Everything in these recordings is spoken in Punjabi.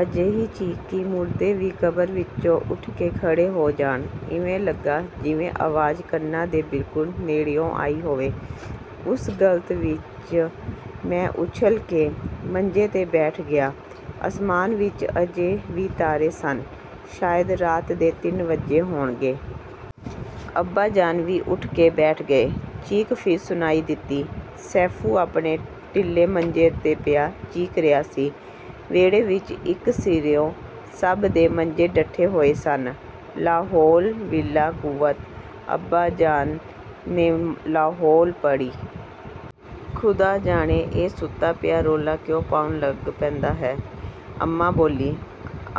ਅਜਿਹੀ ਚੀਕ ਕਿ ਮੁਰਦੇ ਵੀ ਕਬਰ ਵਿੱਚੋਂ ਉੱਠ ਕੇ ਖੜ੍ਹੇ ਹੋ ਜਾਣ! ਇਵੇਂ ਲੱਗਾ ਜਿਵੇਂ ਆਵਾਜ਼ ਕੰਨਾਂ ਦੇ ਬਿਲਕੁਲ ਨੇੜਿਓਂ ਆਈ ਹੋਵੇ। ਉਸ ਹਲਤ ਵਿੱਚ... ਮੈਂ ਉੱਛਲ ਕੇ ਮੰਜੇ 'ਤੇ ਬੈਠ ਗਿਆ। ਅਸਮਾਨ ਵਿੱਚ ਅਜੇ ਵੀ ਤਾਰੇ ਸਨ, ਸ਼ਾਇਦ ਰਾਤ ਦੇ ਤਿੰਨ ਵੱਜੇ ਹੋਣਗੇ। ਅੱਬਾਜਾਨ ਵੀ ਉੱਠ ਕੇ ਬੈਠ ਗਏ। ਚੀਕ ਫਿਰ ਸੁਣਾਈ ਦਿੱਤੀ। ਸੈਫ਼ੂ ਆਪਣੇ ਢਿੱਲੇ ਮੰਜੇ 'ਤੇ ਪਿਆ ਚੀਕ ਰਿਹਾ ਸੀ। ਵਿਹੜੇ ਵਿੱਚ ਇੱਕ ਸਿਰਿਓਂ ਸਭ ਦੇ ਮੰਜੇ ਡੱਠੇ ਹੋਏ ਸਨ। "ਲਾਹੌਲ ਵਿਲਾ ਕੂਵਤ..." ਅੱਬਾਜਾਨ ਨੇ ਲਾਹੌਲ ਪੜ੍ਹੀ। "ਖ਼ੁਦਾ ਜਾਣੇ ਇਹ ਸੁੱਤਾ ਪਿਆ ਰੌਲਾ ਕਿਉਂ ਪਾਉਣ ਲੱਗ ਪੈਂਦਾ ਹੈ!" ਅੰਮਾ ਬੋਲੀ।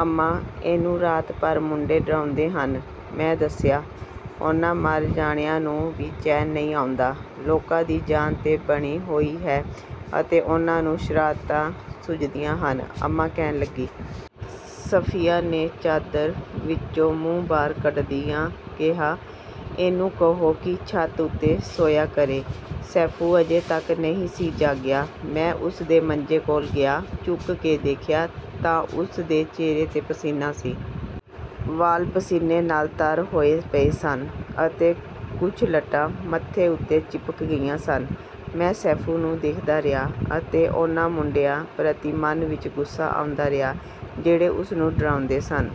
"ਅੰਮਾ, ਇਹਨੂੰ ਰਾਤ ਭਰ ਮੁੰਡੇ ਡਰਾਉਂਦੇ ਹਨ..." ਮੈਂ ਦੱਸਿਆ। "ਉਹਨਾਂ ਮਰ ਜਾਣਿਆਂ ਨੂੰ ਵੀ ਚੈਨ ਨਹੀਂ ਆਉਂਦਾ! ਲੋਕਾਂ ਦੀ ਜਾਨ 'ਤੇ ਬਣੀ ਹੋਈ ਹੈ ਅਤੇ ਉਹਨਾਂ ਨੂੰ ਸ਼ਰਾਰਤਾਂ ਸੁਝਦੀਆਂ ਹਨ," ਅੰਮਾ ਕਹਿਣ ਲੱਗੀ। ਸਫ਼ੀਆ ਨੇ ਚਾਦਰ ਵਿੱਚੋਂ ਮੂੰਹ ਬਾਹਰ ਕੱਢਦਿਆਂ ਕਿਹਾ, "ਇਹਨੂੰ ਕਹੋ ਕਿ ਛੱਤ ਉੱਤੇ ਸੌਂਇਆ ਕਰੇ।" ਸੈਫ਼ੂ ਅਜੇ ਤੱਕ ਨਹੀਂ ਸੀ ਜਾਗਿਆ। ਮੈਂ ਉਸ ਦੇ ਮੰਜੇ ਕੋਲ ਗਿਆ, ਝੁਕ ਕੇ ਦੇਖਿਆ ਤਾਂ ਉਸ ਦੇ ਚਿਹਰੇ 'ਤੇ ਪਸੀਨਾ ਸੀ। ਵਾਲ਼ ਪਸੀਨੇ ਨਾਲ ਤਰ ਹੋਏ ਪਏ ਸਨ ਅਤੇ ਕੁਝ ਲਟਾਂ ਮੱਥੇ ਉੱਤੇ ਚਿਪਕ ਗਈਆਂ ਸਨ। ਮੈਂ ਸੈਫ਼ੂ ਨੂੰ ਦੇਖਦਾ ਰਿਹਾ ਅਤੇ ਉਹਨਾਂ ਮੁੰਡਿਆਂ ਪ੍ਰਤੀ ਮਨ ਵਿੱਚ ਗੁੱਸਾ ਆਉਂਦਾ ਰਿਹਾ ਜਿਹੜੇ ਉਸ ਨੂੰ ਡਰਾਉਂਦੇ ਸਨ।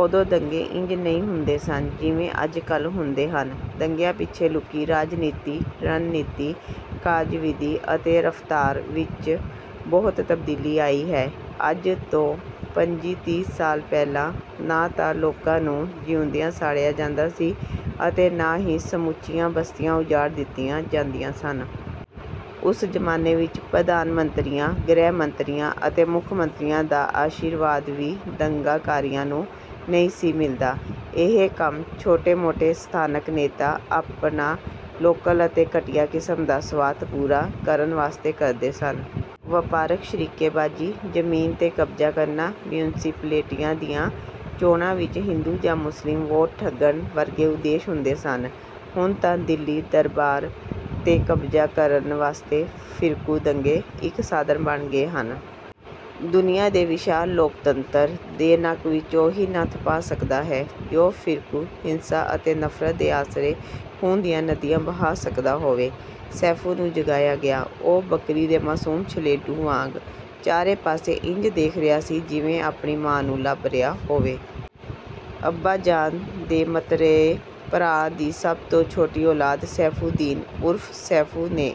ਉਦੋਂ ਦੰਗੇ ਇੰਜ ਨਹੀਂ ਹੁੰਦੇ ਸਨ ਜਿਵੇਂ ਅੱਜ-ਕੱਲ੍ਹ ਹੁੰਦੇ ਹਨ। ਦੰਗਿਆਂ ਪਿੱਛੇ ਲੁਕੀ ਰਾਜਨੀਤੀ, ਰਣਨੀਤੀ, ਕਾਰਜ-ਵਿਧੀ ਅਤੇ ਰਫ਼ਤਾਰ ਵਿੱਚ ਬਹੁਤ ਤਬਦੀਲੀ ਆਈ ਹੈ। ਅੱਜ ਤੋਂ ਪੰਝੀ-ਤੀਹ ਸਾਲ ਪਹਿਲਾਂ ਨਾ ਤਾਂ ਲੋਕਾਂ ਨੂੰ ਜਿਊਂਦਿਆਂ ਸਾੜਿਆ ਜਾਂਦਾ ਸੀ, ਅਤੇ ਨਾ ਹੀ ਸਮੁੱਚੀਆਂ ਬਸਤੀਆਂ ਉਜਾੜ ਦਿੱਤੀਆਂ ਜਾਂਦੀਆਂ ਸਨ। ਉਸ ਜ਼ਮਾਨੇ ਵਿੱਚ ਪ੍ਰਧਾਨ ਮੰਤਰੀਆਂ, ਗ੍ਰਹਿ ਮੰਤਰੀਆਂ ਅਤੇ ਮੁੱਖ ਮੰਤਰੀਆਂ ਦਾ ਅਸ਼ੀਰਵਾਦ ਵੀ ਦੰਗਾਕਾਰੀਆਂ ਨੂੰ ਨਹੀਂ ਸੀ ਮਿਲਦਾ। ਇਹ ਕੰਮ ਛੋਟੇ-ਮੋਟੇ ਸਥਾਨਕ ਨੇਤਾ ਆਪਣਾ ਲੋਕਲ ਅਤੇ ਘਟੀਆ ਕਿਸਮ ਦਾ ਸਵਾਰਥ ਪੂਰਾ ਕਰਨ ਵਾਸਤੇ ਕਰਦੇ ਸਨ। ਵਪਾਰਕ ਸ਼ਰੀਕੇਬਾਜ਼ੀ, ਜ਼ਮੀਨ 'ਤੇ ਕਬਜ਼ਾ ਕਰਨਾ, ਮਿਉਂਸਪੈਲਟੀਆਂ ਦੀਆਂ ਚੋਣਾਂ ਵਿੱਚ ਹਿੰਦੂ ਜਾਂ ਮੁਸਲਿਮ ਵੋਟ ਠੱਗਣ ਵਰਗੇ ਉਦੇਸ਼ ਹੁੰਦੇ ਸਨ। ਹੁਣ ਤਾਂ ਦਿੱਲੀ ਦਰਬਾਰ 'ਤੇ ਕਬਜ਼ਾ ਕਰਨ ਵਾਸਤੇ ਫ਼ਿਰਕੂ ਦੰਗੇ ਇੱਕ ਸਾਧਨ ਬਣ ਗਏ ਹਨ। ਦੁਨੀਆ ਦੇ ਵਿਸ਼ਾਲ ਲੋਕਤੰਤਰ ਦੇ ਨੱਕ ਵਿੱਚ ਉਹੀ ਨੱਥ ਪਾ ਸਕਦਾ ਹੈ ਜੋ ਫ਼ਿਰਕੂ ਹਿੰਸਾ ਅਤੇ ਨਫ਼ਰਤ ਦੇ ਆਸਰੇ ਖ਼ੂਨ ਦੀਆਂ ਨਦੀਆਂ ਬਹਾ ਸਕਦਾ ਹੋਵੇ। ਸੈਫ਼ੂ ਨੂੰ ਜਗਾਇਆ ਗਿਆ। ਉਹ ਬੱਕਰੀ ਦੇ ਮਾਸੂਮ ਛਲੇਡੂ ਵਾਂਗ ਚਾਰੇ ਪਾਸੇ ਇੰਜ ਦੇਖ ਰਿਹਾ ਸੀ ਜਿਵੇਂ ਆਪਣੀ ਮਾਂ ਨੂੰ ਲੱਭ ਰਿਹਾ ਹੋਵੇ। ਅੱਬਾਜਾਨ ਦੇ ਮਤਰੇਏ ਭਰਾ ਦੀ ਸਭ ਤੋਂ ਛੋਟੀ ਔਲਾਦ ਸੈਫ਼ੂ ਦੀਨ ਉਰਫ਼ ਸੈਫ਼ੂ ਨੇ